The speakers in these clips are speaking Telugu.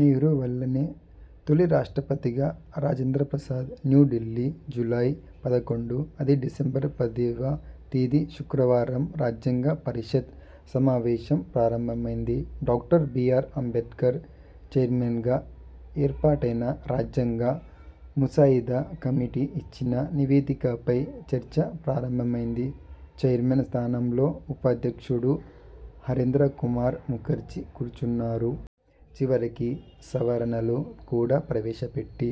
నెహ్రూ వల్లనే తొలి రాష్ట్రపతిగా రాజేంద్రప్రసాద్న్ న్యూ ఢిల్లీ, జూలై పదకొండు 'అది, డిసెంబరు పదివ తేదీ శుక్రవారం. రాజ్యాంగ పరిషత్ సమావేశం ప్రారంభమైంది. డాక్టర్ బీఆర్ అంబేడ్కర్ చైర్మన్గా ఏర్పాటైన రాజ్యాంగ ముసాయిదా కమిటీ ఇచ్చిన నివేదిక పై చర్చ ప్రారంభమైంది. చైర్మన్ స్థానంలో ఉపాధ్యక్షుడు హరేంద్ర కుమార్ ముఖర్జీ కూర్చున్నారు. చివరికి సవరణలు కూడా ప్రవేశ పెట్టి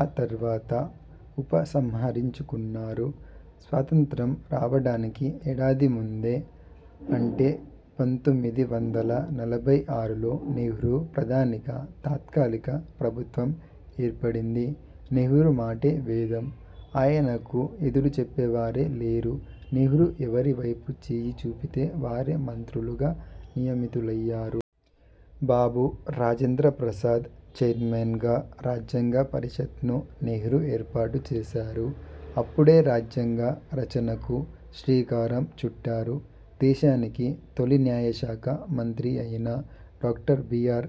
ఆ తర్వాత ఉపసంహరించుకున్నారు. స్వాతంత్య్రం రావడానికి ఏడాది ముందే, అంటే పంతొమ్మిది వందల నలభై ఆరులో నెహ్రూ ప్రధానిగా తాత్కాలిక ప్రభుత్వం ఏర్పడింది. నెహ్రూ మాటే వేదం. ఆయనకు ఎదురు చెప్పేవారే లేరు. నెహ్రూ ఎవరి వైపు చేయి చూపితే వారే మంత్రులుగా నియమితులయ్యారు. బాబూ రాజేంద్రప్రసాద్ చైర్మన్గా రాజ్యాంగ పరిషత్ను నెహ్రూ ఏర్పాటు చేశారు. అప్పుడే రాజ్యాంగ రచనకు శ్రీకారం చుట్టారు. దేశానికి తొలి న్యాయ శాఖ మంత్రి అయిన డాక్టర్ బీఆర్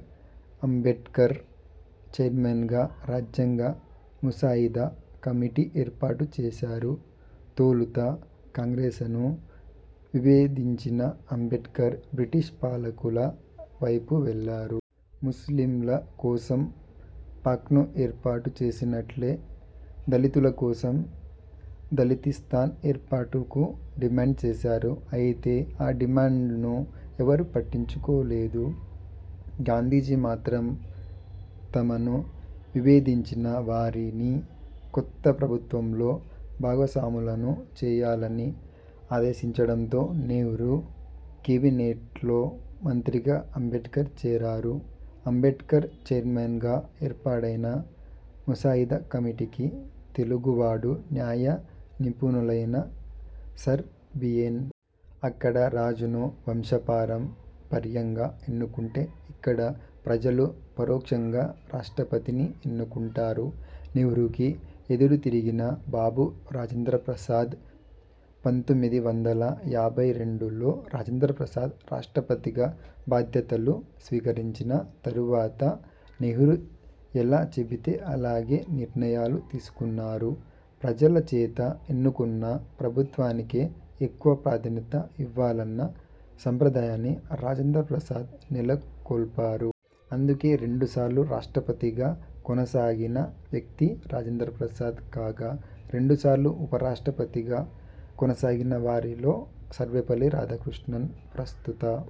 అంబేడ్కర్ చైర్మన్గా రాజ్యాంగ ముసాయిదా కమిటీ ఏర్పాటు చేశారు. తొలుత కాంగ్రె్సను విభేదించిన అంబేడ్కర్ బ్రిటిష్ పాలకుల వైపు వెళ్లారు. ముస్లింల కోసం పాక్ను ఏర్పాటు చేసినట్లే దళితుల కోసం దళితిస్తాన్ ఏర్పాటుకు డిమాండ్ చేశారు. అయితే ఆ డిమాండ్ను ఎవరూ పట్టించు కోలేదు. గాంధీజీ మాత్రం తమను విభేదించిన వారినీ కొత్త ప్రభుత్వంలో భాగస్వాములను చేయాలని ఆదేశించడంతో నెహ్రూ కేబినెట్లో మంత్రిగా అంబేడ్కర్ చేరారు. అంబేడ్కర్ చైర్మన్గా ఏర్పాటైన ముసాయిదా కమిటీకి తెలుగు వాడు, న్యాయ నిపుణులైన సర్ బిఎన్. అక్కడ రాజును వంశపారం పర్యంగా ఎన్నుకుంటే ఇక్కడ ప్రజలు పరోక్షంగా రాష్ట్రపతిని ఎన్నుకుంటారు. నెహ్రూకి ఎదురు తిరిగిన బాబూ రాజేంద్రప్రసాద్ పంతొమ్మిది వందల యాభై రెండులో రాజేంద్ర ప్రసాద్ రాష్ట్రపతిగా బాధ్యతలు స్వీకరించిన తరువాత నెహ్రూ ఎలా చెబితే అలాగే నిర్ణయాలు తీసుకున్నారు. ప్రజల చేత ఎన్నుకున్న ప్రభుత్వానికే ఎక్కువ ప్రాధాన్యత ఇవ్వాలన్న సంప్రదాయాన్ని రాజేంద్ర ప్రసాద్ నెల కొల్పారు. అందుకే రెండు సార్లు రాష్ట్రపతి గా కొనసాగిన వ్యక్తి రాజేంద్ర ప్రసాద్ కాగా, రెండు సార్లు ఉప రాష్ట్రపతిగా కొనసాగిన వారిలో సర్వేపల్లి రాధాకృష్ణన్, ప్రస్తుత